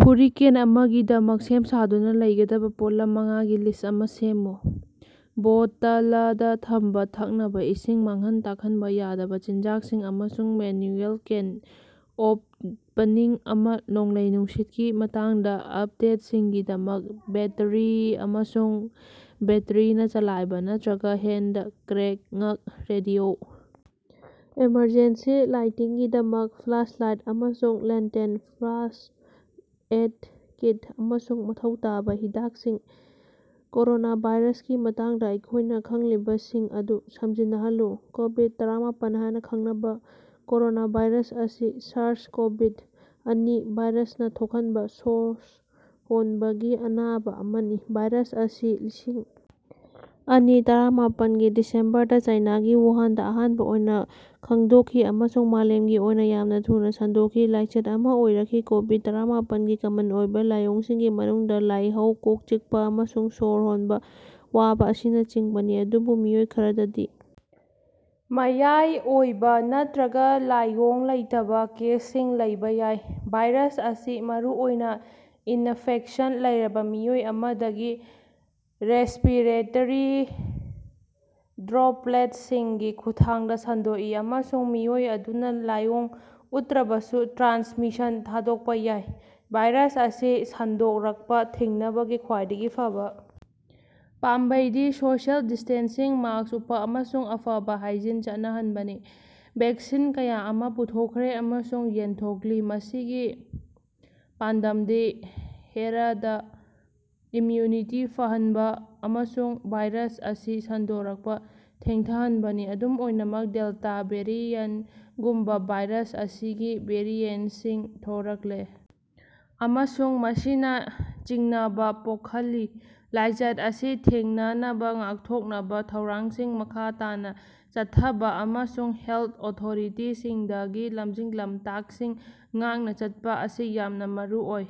Hurricane ꯑꯃꯥꯒꯤꯗꯃꯛ ꯁꯦꯝ-ꯁꯥꯗꯨꯅ ꯂꯧꯒꯗꯕ ꯄꯣꯠꯂꯝ ꯃꯉꯥꯒꯤ ꯂꯤꯁ꯭ꯠ ꯑꯃꯥ ꯁꯦꯝꯃꯨ꯫ ꯕꯣꯇꯂꯗꯥ ꯊꯝꯕ ꯊꯛꯅꯕ ꯏꯁꯤꯡ ꯃꯥꯡꯍꯟ ꯇꯥꯛꯍꯟꯕ ꯌꯥꯗꯕ ꯆꯤꯟꯖꯥꯛꯁꯤꯡ ꯑꯃꯁꯨꯡ ꯃꯦꯟꯌꯨꯑꯦꯜ ꯀꯦꯟ ꯑꯣꯄꯅꯤꯡ ꯑꯃꯥ ꯅꯣꯡꯂꯩ-ꯅꯨꯡꯁꯤꯠꯀꯤ ꯃꯇꯥꯡꯗ ꯑꯄꯗꯦꯠꯁꯤꯡꯒꯤꯗꯃꯛ ꯕꯦꯠꯇꯔꯤ ꯑꯃꯁꯨꯡ ꯕꯦꯠꯇꯔꯤꯅꯥ ꯆꯂꯥꯏꯕꯥ ꯅꯠꯇ꯭ꯔꯒ ꯍꯦꯟꯗ ꯀ꯭ꯔꯦꯉ꯭ꯛ ꯔꯦꯗꯤꯑꯣ ꯑꯦꯃꯔꯖꯦꯟꯁꯤ ꯂꯥꯏꯇꯤꯡꯒꯤꯗꯃꯛ ꯐ꯭ꯂꯥꯁꯂꯥꯏꯠ ꯑꯃꯁꯨꯡ ꯂꯦꯟꯇꯦꯟ ꯐꯥꯔꯁ꯭ꯠ ꯑꯦꯏꯗ ꯀꯤꯠ ꯑꯃꯁꯨꯡ ꯃꯊꯧ ꯇꯥꯕꯥ ꯍꯤꯗꯥꯛꯁꯤꯡ꯫ ꯀꯣꯔꯣꯅꯥꯚꯥꯏꯔꯁꯀꯤ ꯃꯇꯥꯡꯗ ꯑꯩꯈꯣꯏꯅ ꯈꯪꯂꯤꯕꯁꯤꯡ ꯑꯗꯨ ꯁꯝꯖꯤꯟꯅꯍꯜꯂꯨ꯫ ꯀꯣꯕꯤꯗ-ꯇꯔꯥꯃꯄꯥꯜ ꯍꯥꯏꯅ ꯈꯪꯅꯕ ꯀꯣꯔꯣꯅꯥꯚꯥꯏꯔꯁ ꯑꯁꯤ ꯁꯥꯔꯁ-ꯀꯣꯚꯤ-ꯑꯅꯤ ꯚꯥꯏꯔꯁꯅꯥ ꯊꯣꯛꯍꯟꯕ ꯁ꯭ꯣꯔ ꯍꯣꯟꯕꯒꯤ ꯑꯅꯥꯕ ꯑꯃꯅꯤ꯫ ꯚꯥꯏꯔꯁ ꯑꯁꯤ ꯂꯤꯁꯤꯡ ꯑꯅꯤ ꯇꯔꯥꯃꯄꯥꯜꯒꯤ ꯗꯤꯁꯦꯝꯕꯔꯗꯥ ꯆꯥꯏꯅꯥꯒꯤ ꯋꯨꯍꯥꯟꯗ ꯑꯍꯥꯟꯕ ꯑꯣꯏꯅ ꯈꯪꯗꯣꯛꯈꯤ ꯑꯃꯁꯨꯡ ꯃꯥꯂꯦꯝꯒꯤ ꯑꯣꯏꯅ ꯌꯥꯝꯅ ꯊꯨꯅ ꯁꯟꯗꯣꯛꯈꯤ, ꯂꯥꯏꯆꯠ ꯑꯃꯥ ꯑꯣꯏꯔꯛꯈꯤ꯫ ꯀꯣꯕꯤꯗ-ꯇꯔꯥꯃꯄꯥꯜꯒꯤ ꯀꯃꯟ ꯑꯣꯏꯕ ꯂꯥꯏꯑꯣꯡꯁꯤꯡꯒꯤ ꯃꯅꯨꯡꯗꯥ ꯂꯥꯏꯍꯧ, ꯀꯣꯛ ꯆꯤꯛꯄꯥ, ꯑꯃꯁꯨꯡ ꯁ꯭ꯣꯔ ꯍꯣꯟꯕ ꯋꯥꯕ ꯑꯁꯤꯅꯆꯤꯡꯕꯅꯤ, ꯑꯗꯨꯕꯨ ꯃꯤꯑꯣꯏ ꯈꯔꯗꯗꯤ ꯃꯌꯥꯏ ꯑꯣꯏꯕ ꯅꯠꯇ꯭ꯔꯒ ꯂꯥꯏꯑꯣꯡ ꯂꯩꯇꯕ ꯀꯦꯁꯁꯤꯡ ꯂꯩꯕ ꯌꯥꯏ꯫ ꯚꯥꯏꯔꯁ ꯑꯁꯤ ꯃꯔꯨꯑꯣꯏꯅ ꯏꯅꯐꯦꯛꯁꯟ ꯂꯩꯔꯕ ꯃꯤꯑꯣꯏ ꯑꯃꯗꯒꯤ ꯔꯦꯁ꯭ꯄꯤꯔꯦꯇꯔꯤ ꯗ꯭ꯔꯣꯄꯂꯦꯠꯁꯤꯡꯒꯤ ꯈꯨꯠꯊꯥꯡꯗ ꯁꯟꯗꯣꯛꯏ, ꯑꯃꯁꯨꯡ ꯃꯤꯑꯣꯏ ꯑꯗꯨꯅ ꯂꯥꯏꯑꯣꯡ ꯎꯠꯇ꯭ꯔꯕꯁꯨ ꯇ꯭ꯔꯥꯟꯁꯃꯤꯁꯟ ꯊꯣꯛꯄꯥ ꯌꯥꯏ꯫ ꯚꯥꯏꯔꯁ ꯑꯁꯤ ꯁꯟꯗꯣꯔꯛꯄꯥ ꯊꯤꯡꯅꯕꯒꯤ ꯈ꯭ꯋꯥꯏꯗꯒꯤ ꯐꯕꯥ ꯄꯥꯝꯕꯩꯗꯤ ꯁꯣꯁꯤꯑꯦꯜ ꯗꯤꯁ꯭ꯇꯦꯟꯁꯤꯡ, ꯃꯥꯁ꯭ꯛ ꯎꯞꯄꯥ, ꯑꯃꯁꯨꯡ ꯑꯐꯕꯥ ꯍꯥꯏꯖꯤꯟ ꯆꯠꯅꯍꯟꯕꯅꯤ꯫ ꯚꯦꯛꯁꯤꯟ ꯀꯌꯥ ꯑꯃꯥ ꯄꯨꯊꯣꯛꯈ꯭ꯔꯦ ꯑꯃꯁꯨꯡ ꯌꯦꯟꯊꯣꯛꯂꯤ, ꯃꯁꯤꯒꯤ ꯄꯥꯟꯗꯝꯗꯤ ꯍꯦꯔꯗ ꯏꯝꯌꯨꯅꯤꯇꯤ ꯐꯍꯟꯕ ꯑꯃꯁꯨꯡ ꯚꯥꯏꯔꯁ ꯑꯁꯤ ꯁꯟꯗꯣꯔꯛꯄꯥ ꯊꯦꯡꯊꯍꯟꯕꯅꯤ꯫ ꯑꯗꯨꯝ ꯑꯣꯏꯅꯃꯛ, ꯗꯦꯜꯇꯥ ꯚꯦꯔꯤꯌꯟꯇꯒꯨꯝꯕꯥ ꯚꯥꯏꯔꯁ ꯑꯁꯤꯒꯤ ꯚꯦꯔꯤꯑꯦꯟꯇꯁꯤꯡ ꯊꯣꯔꯛꯂꯦ ꯑꯃꯁꯨꯡ ꯃꯁꯤꯅꯥ ꯆꯤꯡꯅꯕꯥ ꯄꯣꯛꯍꯜꯂꯤ꯫ ꯂꯥꯏꯆꯠ ꯑꯁꯤ ꯊꯦꯡꯅꯅꯕꯥ ꯉꯥꯛꯊꯣꯛꯅꯕ ꯊꯧꯔꯥꯡꯁꯤꯡ ꯃꯈꯥ ꯇꯥꯅꯥ ꯆꯠꯊꯕꯥ ꯑꯃꯁꯨꯡ ꯍꯦꯜꯊ ꯑꯣꯊꯣꯔꯤꯇꯤꯁꯤꯡꯗꯒꯤ ꯂꯝꯖꯤꯡ-ꯂꯃꯇꯥꯛꯁꯤꯡ ꯉꯥꯛꯅ ꯆꯠꯄꯥ ꯑꯁꯤ ꯌꯥꯝꯅ ꯃꯔꯨ ꯑꯣꯏ꯫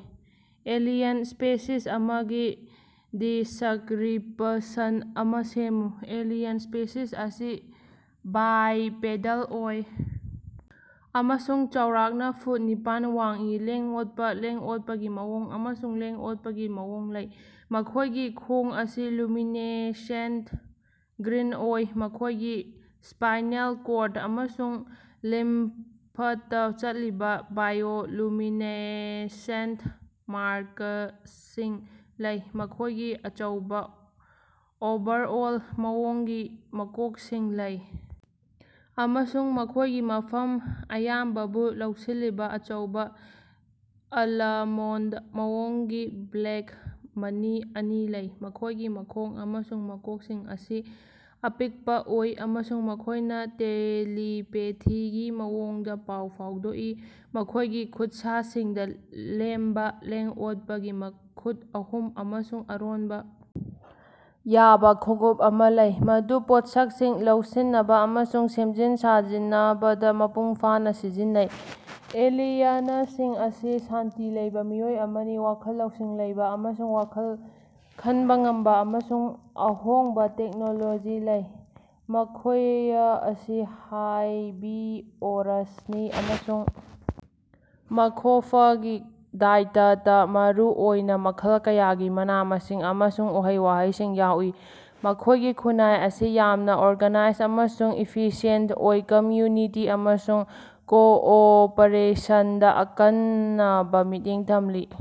ꯑꯦꯂꯤꯌꯟ ꯁ꯭ꯄꯦꯁꯤꯁ ꯑꯃꯒꯤ ꯗꯤꯁ꯭ꯛꯔꯤꯄꯁꯟ ꯑꯃꯥ ꯁꯦꯝꯃꯨ꯫ ꯑꯦꯂꯤꯌꯟ ꯁ꯭ꯄꯦꯁꯤꯁ ꯑꯁꯤ ꯕꯥꯏꯄꯦꯗꯜ ꯑꯣꯏ ꯑꯃꯁꯨꯡ ꯆꯥꯎꯔꯥꯛꯅꯥ ꯐꯨꯠ ꯅꯤꯄꯥꯟ ꯋꯥꯡꯏ, ꯂꯦꯡ-ꯑꯣꯠꯄꯥ, ꯂꯦꯡ-ꯑꯣꯠꯄꯒꯤ ꯃꯑꯣꯡ ꯑꯃꯁꯨꯡ ꯂꯦꯡ-ꯑꯣꯠꯄꯒꯤ ꯃꯑꯣꯡ ꯂꯩ꯫ ꯃꯈꯣꯏꯒꯤ ꯈꯣꯡ ꯑꯁꯤ ꯂꯨꯃꯤꯅꯦꯁꯦꯟꯇ ꯒ꯭ꯔꯤꯟ ꯑꯣꯏ, ꯃꯈꯣꯏꯒꯤ ꯁ꯭ꯄꯥꯏꯅꯦꯜ ꯀꯣꯔꯗ ꯑꯃꯁꯨꯡ ꯂꯤꯝꯐꯇꯥ ꯆꯠꯂꯤꯕꯥ ꯕꯥꯏꯑꯣꯂꯨꯃꯤꯅꯦꯁꯦꯟꯇ ꯃꯥꯔꯀꯁꯤꯡ ꯂꯩ꯫ ꯃꯈꯣꯏꯒꯤ ꯑꯆꯧꯕ, ꯑꯣꯚꯔꯑꯣꯜ ꯃꯑꯣꯡꯒꯤ ꯃꯀꯣꯛꯁꯤꯡ ꯂꯩ ꯑꯃꯁꯨꯡ ꯃꯈꯣꯏꯒꯤ ꯃꯐꯝ ꯑꯌꯥꯝꯕꯕꯨ ꯂꯧꯁꯤꯜꯂꯤꯕ ꯑꯆꯧꯕ, ꯑꯂꯃꯣꯟꯗ ꯃꯑꯣꯡꯒꯤ ꯕ꯭ꯂꯦꯛ ꯃꯅꯤ ꯑꯅꯤ ꯂꯩ꯫ ꯃꯈꯣꯏꯒꯤ ꯃꯈꯣꯡ ꯑꯃꯁꯨꯡ ꯃꯀꯣꯛꯁꯤꯡ ꯑꯁꯤ ꯑꯄꯤꯛꯄꯥ ꯑꯣꯏ, ꯑꯃꯁꯨꯡ ꯃꯈꯣꯏꯅ ꯇꯦꯂꯤꯄꯦꯊꯤꯒꯤ ꯃꯑꯣꯡꯗꯥ ꯄꯥꯎ ꯐꯥꯎꯗꯣꯛꯏ꯫ ꯃꯈꯣꯏꯒꯤ ꯈꯨꯠꯁꯥꯁꯤꯡꯗꯥ ꯂꯦꯝꯕꯥ, ꯂꯦꯡ-ꯑꯣꯠꯄꯒꯤ ꯃꯈꯨꯠ ꯑꯍꯨꯝ ꯑꯃꯁꯨꯡ ꯑꯔꯣꯟꯕꯥ ꯌꯥꯕ ꯈꯣꯡꯎꯞ ꯑꯃꯥ ꯂꯩ, ꯃꯗꯨ ꯄꯣꯠꯁꯛꯁꯤꯡ ꯂꯧꯁꯤꯅꯕꯥ ꯑꯃꯁꯨꯡ ꯁꯦꯝꯖꯤꯟ-ꯁꯥꯖꯤꯅꯕꯗꯥ ꯃꯄꯨꯡ ꯐꯥꯅꯥ ꯁꯤꯖꯤꯟꯅꯩ꯫ ꯑꯦꯂꯤꯌꯅꯁꯤꯡ ꯑꯁꯤ ꯁꯥꯟꯇꯤ ꯂꯩꯕ ꯃꯤꯑꯣꯏ ꯑꯃꯅꯤ, ꯋꯥꯈꯜ ꯂꯧꯁꯤꯡ ꯂꯩꯕꯥ ꯑꯃꯁꯨꯡ ꯋꯥꯈꯜ ꯈꯟꯕ ꯉꯝꯕ ꯑꯃꯁꯨꯡ ꯑꯍꯣꯡꯕꯥ ꯇꯦꯛꯅꯣꯂꯣꯖꯤ ꯂꯩ꯫ ꯃꯈꯣꯌ ꯑꯁꯤ ꯍꯥꯔꯕꯤꯑꯣꯔꯁꯅꯤ, ꯑꯃꯁꯨꯡ ꯃꯈꯣꯐꯒꯤ ꯗꯥꯏꯇꯇꯥ ꯃꯔꯨꯑꯣꯏꯅ ꯃꯈꯜ ꯀꯌꯥꯒꯤ ꯃꯅꯥ-ꯃꯁꯤꯡ ꯑꯃꯁꯨꯡ ꯎꯍꯩ-ꯋꯥꯍꯩꯁꯤꯡ ꯌꯥꯎꯏ꯫ ꯃꯈꯣꯏꯒꯤ ꯈꯨꯟꯅꯥꯏ ꯑꯁꯤ ꯌꯥꯝꯅꯥ ꯑꯣꯔꯒꯅꯥꯏꯖ ꯑꯃꯁꯨꯡ ꯏꯐꯤꯁꯤꯌꯦꯟꯇ ꯑꯣꯏ, ꯀꯝꯌꯨꯅꯤꯇꯤ ꯑꯃꯁꯨꯡ ꯀꯣꯑꯣꯄꯔꯦꯁꯟꯗꯥ ꯑꯀꯟꯅꯕꯥ ꯃꯤꯠꯌꯦꯡ ꯊꯝꯂꯤ ꯫